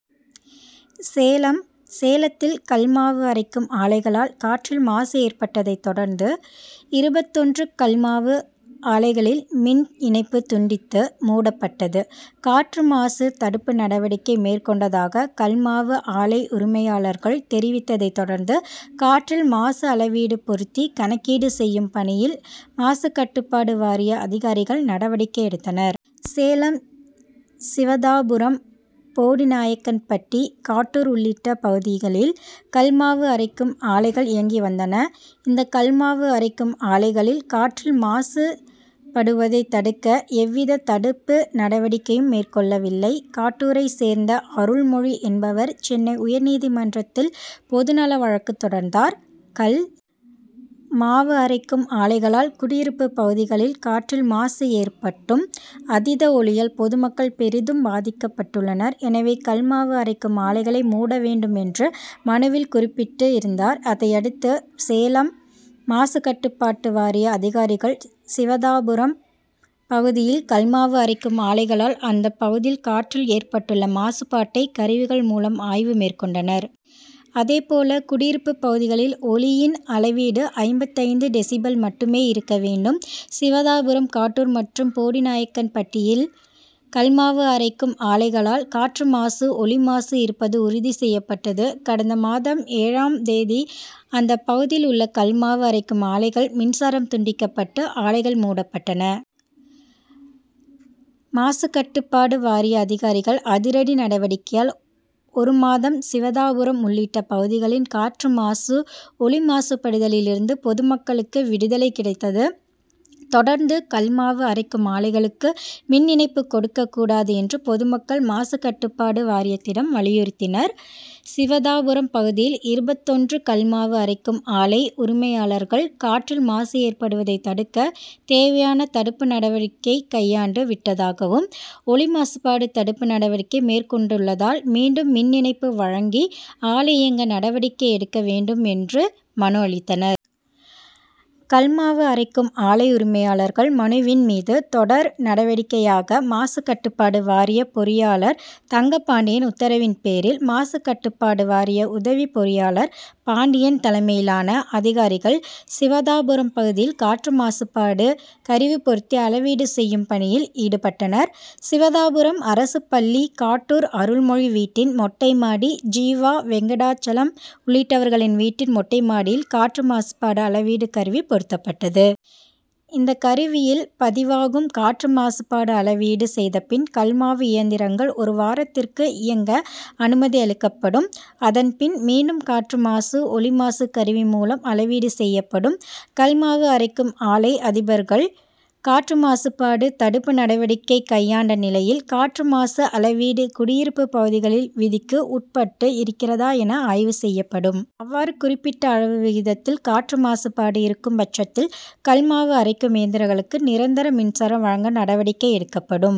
சேலம் சேலத்தில் கல் மாவு அரைக்கும் ஆலைகளால் காற்றில் மாசு ஏற்பட்டதை தொடர்ந்து, இருபத்தொன்று கல் மாவு ஆலைகளில் மின் இணைப்பு துண்டித்து, மூடப்பட்டது. காற்று மாசு தடுப்பு நடவடிக்கை மேற்கொண்டதாக கல் மாவு ஆலை உரிமையாளர்கள் தெரிவித்ததை தொடர்ந்து, காற்றில் மாசு அளவீடு பொருத்தி கணக்கீடு செய்யும் பணியில் மாசுகட்டுப்பாடு வாரிய அதிகாரிகள் நடவடிக்கை எடுத்தனர். சேலம் சிவதாபுரம், போடிநாயக்கன்பட்டி, காட்டூர் உள்ளிட்ட பகுதிகளில் கல் மாவு அரைக்கும் ஆலைகள் இயங்கி வந்தன. இந்த கல் மாவு அரைக்கும் ஆலைகளில் காற்றில் மாசு படுவதை தடுக்க எவ்வித தடுப்பு நடவடிக்கையும் மேற்கொள்ளவில்லை. காட்டூரை சேர்ந்த அருள்மொழி என்பவர் சென்னை உயர் நீதிமன்றத்தில் பொது நல வழக்கு தொடர்ந்தார்.கல் மாவு அரைக்கும் ஆலைகளால் குடியிருப்பு பகுதிகளில் காற்றில் மாசு ஏற்பட்டும், அதீத ஒலியால் பொதுமக்கள் பெரிதும் பாதிக்கப்பட்டுள்ளனர். எனவே, கல் மாவு அரைக்கும் ஆலைகளை மூட வேண்டும் என்று மனுவில் குறிப்பிட்டு இருந்தார். அதையடுத்து, சேலம் மாசுகட்டுப்பாட்டு வாரிய அதிகாரிகள் சிவதாபுரம் பகுதியில் கல் மாவு அரைக்கும் ஆலைகளால் அந்த பகுதியில் காற்றில் ஏற்பட்டுள்ள மாசுபாட்டை கருவிகள் மூலம் ஆய்வு மேற்கொண்டனர். அதேபோல, குடியிருப்பு பகுதிகளில் ஒலியின் அளவீடு ஐம்பத்தைந்து டெசிபல் மட்டுமே இருக்க வேண்டும். சிவதாபுரம், காட்டூர் மற்றும் போடிநாயக்கன்பட்டியில் கல் மாவு அரைக்கும் ஆலைகளால் காற்று மாசு, ஒலி மாசு இருப்பது உறுதி செய்யப்பட்டது. கடந்த மாதம் ஏழாம் தேதி அந்த பகுதியில் உள்ள கல் மாவு அரைக்கும் ஆலைகள் மின்சாரம் துண்டிக்கப்பட்டு, ஆலைகள் மூடப்பட்டன. மாசுகட்டுபாடு வாரிய அதிகாரிகள் அதிரடி நடவடிக்கையால் ஒரு மாதம் சிவதாபுரம் உள்ளிட்ட பகுதிகளில் காற்று மாசு, ஒலி மாசுபடுதலில் இருந்து பொதுமக்களுக்கு விடுதலை கிடைத்தது. தொடர்ந்து கல் மாவு அரைக்கும் ஆலைகளுக்கு மின் இணைப்பு கொடுக்க கூடாது என்று பொதுமக்கள் மாசுகட்டுப்பாடு வாரியத்திடம் வலியுறுத்தினர். சிவதாபுரம் பகுதியில் இருபத்தொன்று கல் மாவு அரைக்கும் ஆலை உரிமையாளர்கள், காற்றில் மாசு ஏற்படுவதை தடுக்க தேவையான தடுப்பு நடவடிக்கை கையாண்டு விட்டதாகவும், ஒலி மாசுபாடு தடுப்பு நடவடிக்கை மேற்கொண்டுள்ளதால், மீண்டும் மின் இணைப்பு வழங்கி ஆலை இயங்க நடவடிக்கை எடுக்க வேண்டும்' என்று மனு அளித்தனர். கல் மாவு அரைக்கும் ஆலை உரிமையாளர்கள் மனுவின் மீது தொடர் நடவடிக்கையாக மாசுகட்டுப்பாடு வாரிய பொறியாளர் தங்கபாண்டியன் உத்தரவின் பேரில் மாசுகட்டுப்பாடு வாரிய உதவி பொறியாளர் பாண்டியன் தலைமையிலான அதிகாரிகள் சிவதாபுரம் பகுதியில் காற்று மாசுபாடு கருவி பொருத்தி அளவீடு செய்யும் பணியில் ஈடுபட்டனர். சிவதாபுரம் அரசு பள்ளி, காட்டூர் அருள்மொழி வீட்டின் மொட்டை மாடி, ஜீவா, வெங்கடாசலம் உள்ளிட்டவர்களின் வீட்டின் மொட்டை மாடியில் காற்று மாசுபாடு அளவீடு கருவி பொருத்தப்பட்டது. இந்த கருவியில் பதிவாகும் காற்று மாசுபாடு அளவீடு செய்த பின், கல் மாவு இயந்திரங்கள் ஒரு வாரத்துக்கு இயக்க அனுமதி அளிக்கப்படும். அதன் பின், மீண்டும் காற்று மாசு, ஒலி மாசு கருவி மூலம் அளவீடு செய்யப்படும். கல் மாவு அரைக்கும் ஆலை அதிபர்கள் காற்று மாசுபாடு தடுப்பு நடவடிக்கை கையாண்ட நிலையில் காற்று மாசு அளவீடு குடியிருப்பு பகுதிகளில் விதிக்கு உட்பட்டு இருக்கிறதா என ஆய்வு செய்யப்படும். அவ்வாறு குறிப்பிட்ட அளவு விகிதத்தில் காற்று மாசுபாடு இருக்கும்பட்சத்தில் கல் மாவு அரைக்கும் இயந்திரங்களுக்கு நிரந்தர மின்சாரம் வழங்க நடவடிக்கை எடுக்கப்படும்.